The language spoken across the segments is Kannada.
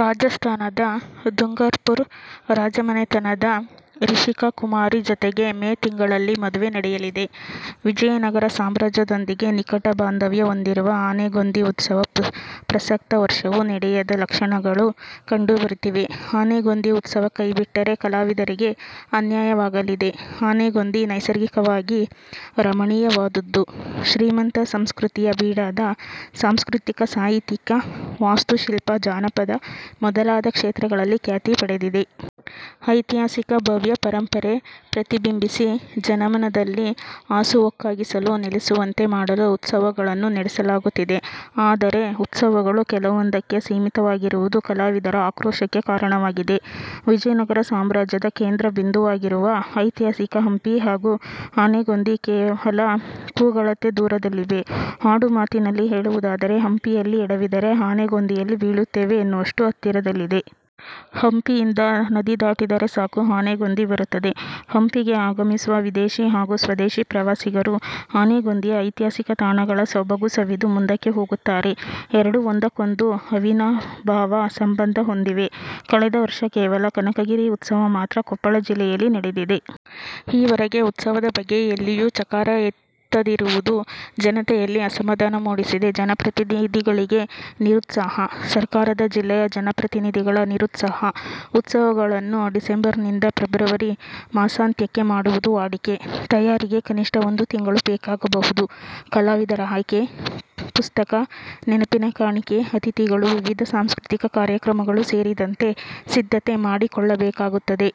ರಾಜಸ್ಥಾನದ ದುಂಗರ್ಪುರ್ ರಾಜಮನೆತನದ ರಿಶಿಕಾಕುಮಾರಿ ಜತೆಗೆ ಮೇ ತಿಂಗಳಲ್ಲಿ ಮದುವೆ ನಡೆಯಲಿದೆ. ವಿಜಯನಗರ ಸಾಮ್ರಾಜ್ಯದೊಂದಿಗೆ ನಿಕಟ ಬಾಂಧವ್ಯ ಹೊಂದಿರುವ ಆನೆಗೊಂದಿ ಉತ್ಸವ ಪ್ರಸಕ್ತ ವರ್ಷವೂ ನಡೆಯದ ಲಕ್ಷಣಗಳು ಕಂಡು ಬರುತ್ತಿವೆ. ಆನೆಗೊಂದಿ ಉತ್ಸವ ಕೈ ಬಿಟ್ಟರೆ ಕಲಾವಿದರಿಗೆ ಅನ್ಯಾಯವಾಗಲಿದೆ. ಆನೆಗೊಂದಿ ನೈಸರ್ಗಿಕವಾಗಿ ರಮಣೀಯವಾದುದ್ದು. ಶ್ರೀಮಂತ ಸಂಸ್ಕೃತಿಯ ಬೀಡಾದ ಸಾಂಸ್ಕೃತಿಕ ಸಾಹಿತ್ಯೀಕ ವಾಸ್ತು ಶಿಲ್ಪ, ಜಾನಪದ ಮೊದಲಾದ ಕ್ಷೇತ್ರಗಳಲ್ಲಿ ಖ್ಯಾತಿ ಪಡೆದಿದೆ. ಐತಿಹಾಸಿಕ ಭವ್ಯ ಪರಂಪರೆ ಪ್ರತಿಬಿಂಬಿಸಿ ಜನಮನದಲ್ಲಿ ಹಾಸುಹೊಕ್ಕಾಗಿಸಲು ನೆಲೆಸುವಂತೆ ಮಾಡಲು ಉತ್ಸವಗಳನ್ನು ನಡೆಸಲಾಗುತ್ತಿದೆ. ಆದರೆ ಉತ್ಸವಗಳು ಕೆಲವೊಂದಕ್ಕೆ ಸೀಮಿತವಾಗಿರುವುದು ಕಲಾವಿದರ ಆಕ್ರೋಶಕ್ಕೆ ಕಾರಣವಾಗಿದೆ. ವಿಜಯನಗರ ಸಾಮ್ರಾಜ್ಯದ ಕೇಂದ್ರಬಿಂದುವಾಗಿರುವ ಐತಿಹಾಸಿಕ ಹಂಪಿ ಹಾಗೂ ಆನೆಗೊಂದಿ ಕೇವಲ ಕೂಗಳತೆ ದೂರದಲ್ಲಿವೆ. ಆಡು ಮಾತಿನಲ್ಲಿ ಹೇಳುವುದಾದರೆ ಹಂಪಿಯಲ್ಲಿ ಎಡವಿದರೆ ಆನೆಗೊಂದಿಯಲ್ಲಿ ಬೀಳುತ್ತೇವೆ ಎನ್ನುವಷ್ಟು ಹತ್ತಿರದಲ್ಲಿವೆ. ಹಂಪಿಯಿಂದ ನದಿ ದಾಟಿದರೆ ಸಾಕು ಆನೆಗೊಂದಿ ಬರುತ್ತದೆ. ಹಂಪಿಗೆ ಆಗಮಿಸುವ ವಿದೇಶಿ ಹಾಗೂ ಸ್ವದೇಶಿ ಪ್ರವಾಸಿಗರು ಆನೆಗೊಂದಿಯ ಐತಿಹಾಸಕ ತಾಣಗಳ ಸೊಬಗು ಸವಿದು ಮುಂದಕ್ಕೆ ಹೋಗುತ್ತಾರೆ. ಎರಡು ಒಂದಕ್ಕೊಂದು ಅವಿನಾಭಾವ ಸಂಬಂಧ ಹೊಂದಿವೆ. ಕಳೆದ ವರ್ಷ ಕೇವಲ ಕನಕಗಿರಿ ಉತ್ಸವ ಮಾತ್ರ ಕೊಪ್ಪಳ ಜಿಲ್ಲೆಯಲ್ಲಿ ನಡೆದಿದೆ. ಈ ವರೆಗೆ ಉತ್ಸವದ ಬಗ್ಗೆ ಎಲ್ಲಿಯೂ ಚಕಾರ ಎತ್ತದಿರುವುದು ಜನತೆಯಲ್ಲಿ ಅಸಮಾಧಾನ ಮೂಡಿಸಿದೆ. ಜನಪ್ರತಿನಿಧಿಗಳಿಗೆ ನಿರುತ್ಸಾಹ: ಸರಕಾರದ, ಜಿಲ್ಲೆಯ ಜನಪ್ರತಿನಿಧಿಗಳ ನಿರುತ್ಸಾಹ: ಉತ್ಸವಗಳನ್ನು ಡಿಸೆಂಬರ್ದಿಂದ ಫೆಬ್ರವರಿ ಮಾಸಾಂತ್ಯಕ್ಕೆ ಮಾಡುವುದು ವಾಡಿಕೆ. ತಯಾರಿಗೆ ಕನಿಷ್ಠ ಒಂದು ತಿಂಗಳು ಬೇಕಾಗಬಹುದು. ಕಲಾವಿದರ ಆಯ್ಕೆ, ಪುಸ್ತಕ, ನೆನಪಿನ ಕಾಣಿಕೆ, ಅತಿಥಿಗಳು ವಿವಿಧ ಸಾಂಸ್ಕೃತಿಕ ಕಾರ್ಯಕ್ರಮ ಸೇರಿದಂತೆ ಸಿದ್ಧತೆ ಮಾಡಿಕೊಳ್ಳಬೇಕಾಗುತ್ತದೆ.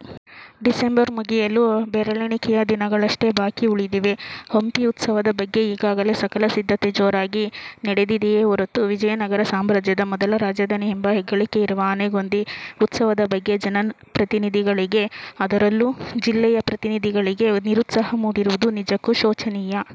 ಡಿಸೆಂಬರ್ ಮುಗಿಯಲು ಬೆರಳೆಣಿಕೆಯ ದಿನಗಳಷ್ಟೇ ಬಾಕಿ ಉಳಿದಿವೆ. ಹಂಪಿ ಉತ್ಸವದ ಬಗ್ಗೆ ಈಗಾಗಲೇ ಸಕಲ ಸಿದ್ಧತೆ ಜೋರಾಗಿ ನಡೆದಿದೆಯೇ ಹೊರತು ವಿಜಯ ನಗರ ಸಾಮ್ರಾಜ್ಯದ ಮೊದಲ ರಾಜಧಾನಿ ಎಂಬ ಹೆಗ್ಗಳಿಕೆ ಇರುವ ಆನೆಗೊಂದಿ ಉತ್ಸವದ ಬಗ್ಗೆ ಜನಪ್ರತಿನಿಧಿಗಳಿಗೆ ಅದರಲ್ಲೂ ಜಿಲ್ಲೆಯ ಜನಪ್ರತಿನಿಧಿಗಳಿಗೆ ನಿರುತ್ಸಾಹ ಮೂಡಿರುವುದು ನಿಜಕ್ಕೂ ಶೋಚನೀಯ.